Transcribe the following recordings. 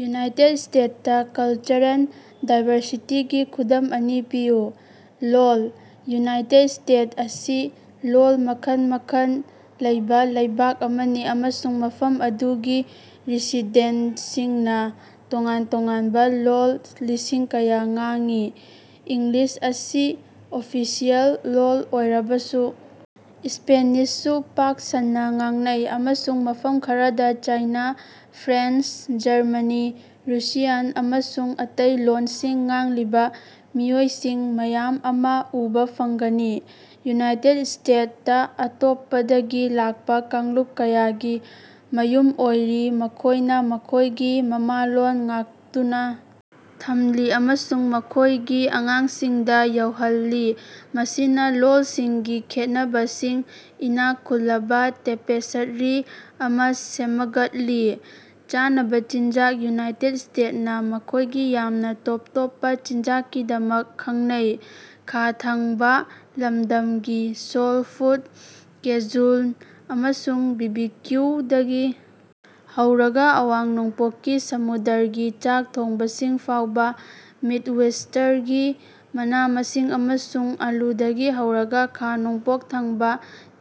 United state ꯇ cultural ꯗꯥꯏꯕꯔꯁꯤꯇꯤꯒꯤ ꯈꯨꯗꯝ ꯑꯅꯤ ꯄꯤꯌꯨ꯫ ꯂꯣꯜ: ꯌꯨꯅꯥꯏꯇꯦꯗ ꯁ꯭ꯇꯦꯠ ꯑꯁꯤ ꯂꯣꯜ ꯃꯈꯜ ꯃꯈꯜ ꯂꯩꯕ ꯂꯩꯕꯥꯛ ꯑꯃꯅꯤ ꯑꯃꯁꯨꯡ ꯃꯐꯝ ꯑꯗꯨꯒꯤ ꯔꯦꯁꯤꯗꯦꯟꯇꯁꯤꯡꯅꯥ ꯇꯣꯉꯥꯟ ꯇꯣꯉꯥꯟꯕ ꯂꯣꯜ ꯂꯤꯁꯤꯡ ꯀꯌꯥ ꯉꯥꯡꯏ꯫ ꯏꯪꯂꯤꯁ ꯑꯁꯤ ꯑꯣꯐꯤꯁꯤꯑꯦꯜ ꯂꯣꯜ ꯑꯣꯏꯔꯕꯁꯨ ꯁ꯭ꯄꯦꯅꯤꯁꯁꯨ ꯄꯥꯛ ꯁꯟꯅꯥ ꯉꯥꯡꯅꯩ ꯑꯃꯁꯨꯡ ꯃꯐꯝ ꯈꯔꯗ ꯆꯥꯏꯅꯥ, ꯐ꯭ꯔꯦꯟꯆ, ꯖꯔꯃꯅꯤ, ꯔꯨꯁꯤꯌꯥꯟ ꯑꯃꯁꯨꯡ ꯑꯇꯩ ꯂꯣꯜꯁꯤꯡ ꯉꯥꯡꯂꯤꯕ ꯃꯤꯑꯣꯏꯁꯤꯡ ꯃꯌꯥꯝ ꯑꯃ ꯎꯕꯥ ꯐꯪꯒꯅꯤ꯫ ꯌꯨꯅꯥꯏꯇꯦꯗ ꯁ꯭ꯇꯦꯗ ꯇꯥ ꯑꯇꯣꯞꯄꯗꯒꯤ ꯂꯥꯛꯄ ꯀꯥꯡꯂꯨꯞ ꯀꯌꯥꯒꯤ ꯃꯌꯨꯝ ꯑꯣꯏꯔꯤ ꯃꯈꯣꯢꯅ ꯃꯈꯣꯢꯒꯤ ꯃꯃꯥꯂꯣꯟ ꯉꯥꯛꯇꯨꯅ ꯊꯝꯂꯤ ꯑꯃꯁꯨꯡ ꯃꯈꯣꯢꯒꯤ ꯑꯉꯥꯡꯁꯤꯡꯗ ꯌꯧꯍꯜꯂꯤ ꯃꯁꯤꯅ ꯂꯣꯜꯁꯤꯡꯒꯤ ꯈꯦꯠꯅꯕꯁꯤꯡ ꯏꯅꯥꯛ ꯈꯨꯜꯂꯕ ꯇꯦꯄꯦꯁ꯭ꯠꯔꯤ ꯑꯃꯥ ꯁꯦꯃꯒꯠꯂꯤ꯫ ꯆꯥꯅꯕ ꯆꯤꯟꯖꯥꯛ: ꯌꯨꯅꯥꯏꯇꯦꯗ ꯁ꯭ꯇꯦꯗ ꯅꯥ ꯃꯈꯣꯢꯒꯤ ꯌꯥꯝꯅ ꯇꯣꯞ ꯇꯣꯞꯄ ꯆꯤꯟꯖꯥꯛꯀꯤꯗꯃꯛ ꯈꯡꯅꯩ꯫ ꯈꯥ ꯊꯪꯕꯥ ꯂꯝꯗꯝꯒꯤ ꯁꯣꯜ ꯐꯨꯗ, ꯀꯦꯖꯨꯟ ꯑꯃꯁꯨꯡ ꯕꯤꯕꯤꯀꯤꯎ ꯗꯒꯤ ꯍꯧꯔꯒ ꯑꯋꯥꯡ-ꯅꯣꯡꯄꯣꯛꯀꯤ ꯁꯃꯨꯗ꯭ꯔꯒꯤ ꯆꯥꯛ ꯊꯣꯡꯕꯁꯤꯡ ꯐꯥꯎꯕ ꯃꯤꯗꯋꯦꯁꯇꯔꯒꯤ ꯃꯅꯥ-ꯃꯁꯤꯡ ꯑꯃꯁꯨꯡ ꯑꯥꯂꯨꯗꯒꯤ ꯍꯧꯔꯒ ꯈꯥ-ꯅꯣꯡꯄꯣꯛ ꯊꯪꯕ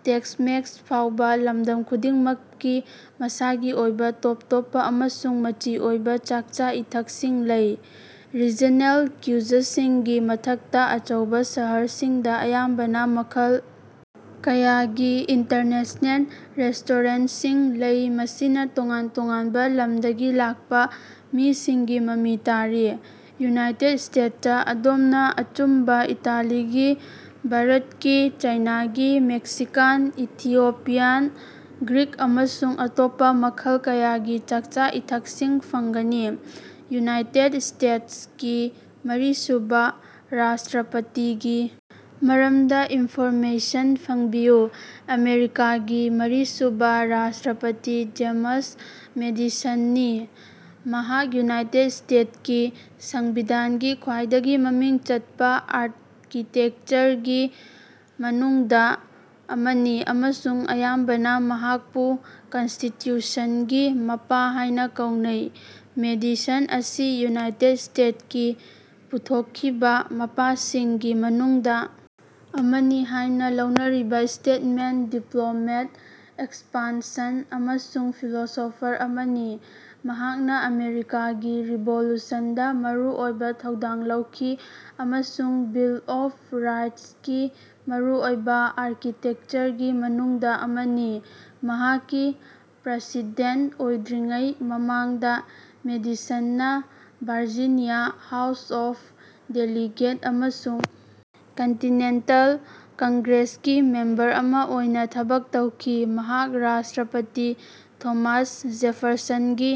ꯇꯦꯛꯁ-ꯃꯦꯛꯁ ꯐꯥꯎꯕ ꯂꯝꯗꯝ ꯈꯨꯗꯤꯡꯃꯛꯀꯤ ꯃꯁꯥꯒꯤ ꯑꯣꯏꯕ ꯇꯣꯞ ꯇꯣꯞꯄ ꯑꯃꯁꯨꯡ ꯃꯆꯤ ꯑꯣꯏꯕ ꯆꯥꯛꯆꯥ-ꯏꯊꯛꯁꯤꯡ ꯂꯩ꯫ ꯔꯤꯖꯅꯦꯜ ꯀ꯭ꯌꯨꯏꯖꯁꯤꯡꯒꯤ ꯃꯊꯛꯇ ꯑꯆꯧꯕ ꯁꯍꯔꯁꯤꯡꯗ ꯑꯌꯥꯝꯕꯅ ꯃꯈꯜ ꯀꯌꯥꯒꯤ ꯏꯟꯇꯔꯅꯦꯁꯅꯦꯜ ꯔꯦꯁꯇꯣꯔꯦꯟꯇꯁꯤꯡ ꯂꯩ ꯃꯁꯤꯅ ꯇꯣꯉꯥꯟ ꯇꯣꯉꯥꯟꯕ ꯂꯝꯗꯒꯤ ꯂꯥꯛꯄ ꯃꯤꯁꯤꯡꯒꯤ ꯃꯃꯤ ꯇꯥꯔꯤ꯫ ꯌꯨꯅꯥꯏꯇꯦꯗ ꯁ꯭ꯇꯦꯗ ꯇꯥ ꯑꯗꯣꯝꯅ ꯑꯆꯨꯝꯕ ꯏꯇꯥꯂꯤꯒꯤ, ꯚꯥꯔꯇꯀꯤ, ꯆꯥꯏꯅꯥꯒꯤ, ꯃꯦꯛꯁꯤꯀꯥꯟ, ꯏꯊꯤꯑꯣꯄꯤꯌꯥꯟ, ꯒ꯭ꯔꯤꯛ ꯑꯃꯁꯨꯡ ꯑꯇꯣꯞꯄ ꯃꯈꯜ ꯀꯌꯥꯒꯤ ꯆꯥꯛꯆꯥ-ꯏꯊꯛꯁꯤꯡ ꯐꯪꯒꯅꯤ꯫ ꯌꯨꯅꯥꯏꯇꯦꯗ ꯁ꯭ꯇꯦꯇꯁꯀꯤ ꯃꯔꯤꯁꯨꯕ ꯔꯥꯁꯇ꯭ꯔꯥꯄꯇꯤꯒꯤ ꯃꯔꯝꯗ ꯏꯟꯐꯣꯔꯃꯦꯁꯟ ꯐꯪꯕꯤꯌꯨ꯫ ꯑꯃꯦꯔꯤꯀꯥꯒꯤ ꯃꯔꯤꯁꯨꯕ ꯔꯥꯁꯇ꯭ꯔꯥꯄꯇꯤ ꯖꯦꯃꯁ ꯃꯦꯗꯤꯁꯟꯅꯤ꯫ ꯃꯍꯥꯛ ꯌꯨꯅꯥꯏꯇꯦꯗ ꯁ꯭ꯇꯦꯗ ꯀꯤ ꯁꯪꯕꯤꯙꯥꯟꯒꯤ ꯈ꯭ꯋꯥꯏꯗꯒꯤ ꯃꯃꯤꯡ ꯆꯠꯄ ꯑꯥꯔꯀꯤꯇꯦꯀꯆꯔꯒꯤ ꯃꯅꯨꯡꯗ ꯑꯃꯅꯤ ꯑꯃꯁꯨꯡ ꯑꯌꯥꯝꯕꯅ ꯃꯍꯥꯛꯄꯨ "ꯀꯟꯁꯇꯤꯇ꯭ꯌꯨꯁꯟꯒꯤ ꯃꯄꯥ" ꯍꯥꯢꯅ ꯀꯧꯅꯩ꯫ ꯃꯦꯗꯤꯁꯟ ꯑꯁꯤ ꯌꯨꯅꯥꯏꯇꯦꯗ ꯁ꯭ꯇꯦꯇꯀꯤ ꯄꯨꯊꯣꯛꯈꯤꯕ ꯃꯄꯥꯁꯤꯡꯒꯤ ꯃꯅꯨꯡꯗ ꯑꯃꯅꯤ ꯍꯥꯢꯅ ꯂꯧꯅꯔꯤꯕ ꯁ꯭ꯇꯦꯇꯃꯦꯟ, ꯗꯤꯄ꯭ꯂꯣꯃꯦꯠ, ꯑꯦꯛꯁꯄꯥꯟꯁꯟ ꯑꯃꯁꯨꯡ ꯐꯤꯂꯣꯁꯣꯐꯔ ꯑꯃꯅꯤ꯫ ꯃꯍꯥꯛꯅ ꯑꯃꯦꯔꯤꯀꯥꯒꯤ ꯔꯤꯚꯣꯂꯨꯁꯟꯗ ꯃꯔꯨꯑꯣꯏꯕ ꯊꯧꯗꯥꯡ ꯂꯧꯈꯤ ꯑꯃꯁꯨꯡ ꯕꯤꯜ ꯑꯣꯐ ꯔꯥꯏꯠꯁꯀꯤ ꯃꯔꯨꯑꯣꯏꯕ ꯑꯥꯔꯀꯤꯇꯦꯛꯆꯔꯒꯤ ꯃꯅꯨꯡꯗ ꯑꯃꯅꯤ꯫ ꯃꯍꯥꯛꯀꯤ ꯄ꯭ꯔꯥꯁꯤꯗꯦꯟꯇ ꯑꯣꯏꯗ꯭ꯔꯤꯉꯩ ꯃꯃꯥꯡꯗ ꯃꯦꯗꯤꯁꯟꯅ ꯚꯥꯔꯖꯤꯅꯤꯌꯥ ꯍꯥꯎꯁ ꯑꯣꯐ ꯗꯦꯂꯤꯒꯦꯠ ꯑꯃꯁꯨꯡ ꯀꯟꯇꯤꯅꯦꯟꯇꯜ ꯀꯪꯒ꯭ꯔꯦꯁꯀꯤ ꯃꯦꯝꯕꯔ ꯑꯃ ꯑꯣꯏꯅ ꯊꯕꯛ ꯇꯧꯈꯤ꯫ ꯃꯍꯥꯛ ꯔꯥꯁꯇ꯭ꯔꯥꯄꯇꯤ ꯊꯣꯃꯥꯁ ꯖꯦꯐꯔꯁꯟꯒꯤ꯫